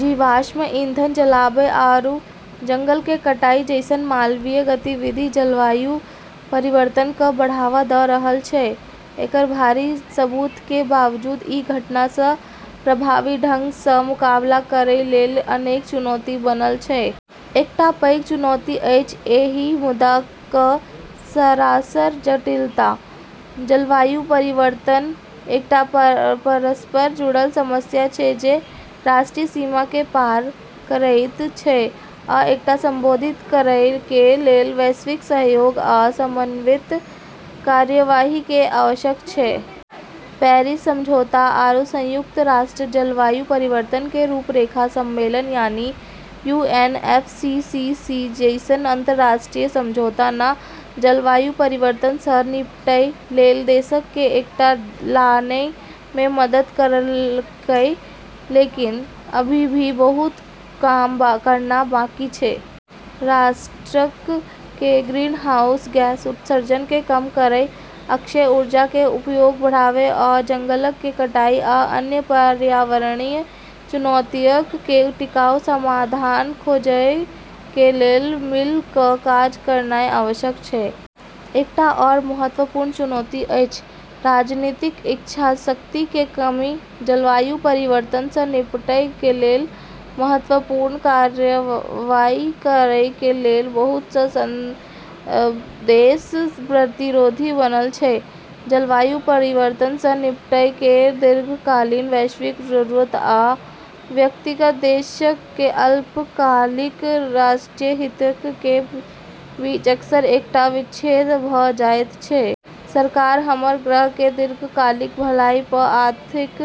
जीवाश्म ईंधन जलाबै आरू जंगल के कटाई जैसन मानवीय गतिविधि जलवायु परिवर्तन क बढ़ावा द रहल छै। एकर भारी सबूत के बावजूद, ई घटना स प्रभावी ढंग स मुकाबला करै लेली अनेक चुनौती बनल छै। एकटा पैघ चुनौती अछि एहि मुद्दा क सरासर जटिलता। जलवायु परिवर्तन एकटा परस्पर जुड़ल समस्या छै जे राष्ट्रीय सीमा के पार करएयत छै, आ एकरा संबोधित करएय के लेल वैश्विक सहयोग आ समन्वित कार्यवाही के आवश्यकता छै। पेरिस समझौता आरू संयुक्त राष्ट्र जलवायु परिवर्तन के रूपरेखा सम्मेलन यानी यूएनएफसीसीसी जैसन अंतर्राष्ट्रीय समझौता न जलवायु परिवर्तन स निपटै लेली देश क एक साथ लानै मे मदद करलकै, लेकिन अभी भी बहुत काम करना बाकी छै। राष्ट्रक के ग्रीनहाउस गैस उत्सर्जन के कम करय, अक्षय ऊर्जा के उपयोग बढ़ावा, आ जंगलक के कटाई आ अन्य पर्यावरणीय चुनौतियक के टिकाऊ समाधान खोजय के लेल मिल क काज करनाय आवश्यक छै। एकटा आओर महत्वपूर्ण चुनौती अछि राजनीतिक इच्छाशक्ति के कमी। जलवायु परिवर्तन सं निपटय के लेल महत्वपूर्ण कार्रवाई करय के लेल बहुत सं देश प्रतिरोधी बनल छै। जलवायु परिवर्तन सं निपटय के दीर्घकालिक, वैश्विक जरूरत आ व्यक्तिगत देशक के अल्पकालिक, राष्ट्रीय हितक के बीच अक्सर एकटा विच्छेद भ जायत छै। सरकार हमर ग्रह के दीर्घकालिक भलाई प आर्थिक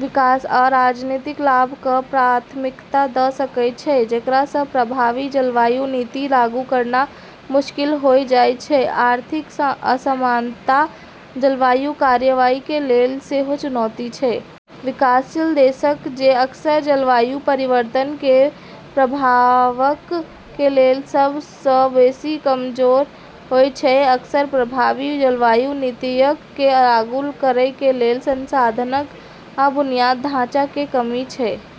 विकास या राजनीतिक लाभ क प्राथमिकता द सकै छै, जेकरा स प्रभावी जलवायु नीति लागू करना मुश्किल होय जाय छै। आर्थिक असमानता जलवायु कार्यवाही के लेल सेहो चुनौती छै। विकासशील देशक, जे अक्सर जलवायु परिवर्तन के प्रभावक के लेल सब सं बेसि कमजोर होयत छै, अक्सर प्रभावी जलवायु नीतियक के लागू करय के लेल संसाधनक आ बुनियादी ढाँचा के कमी छै।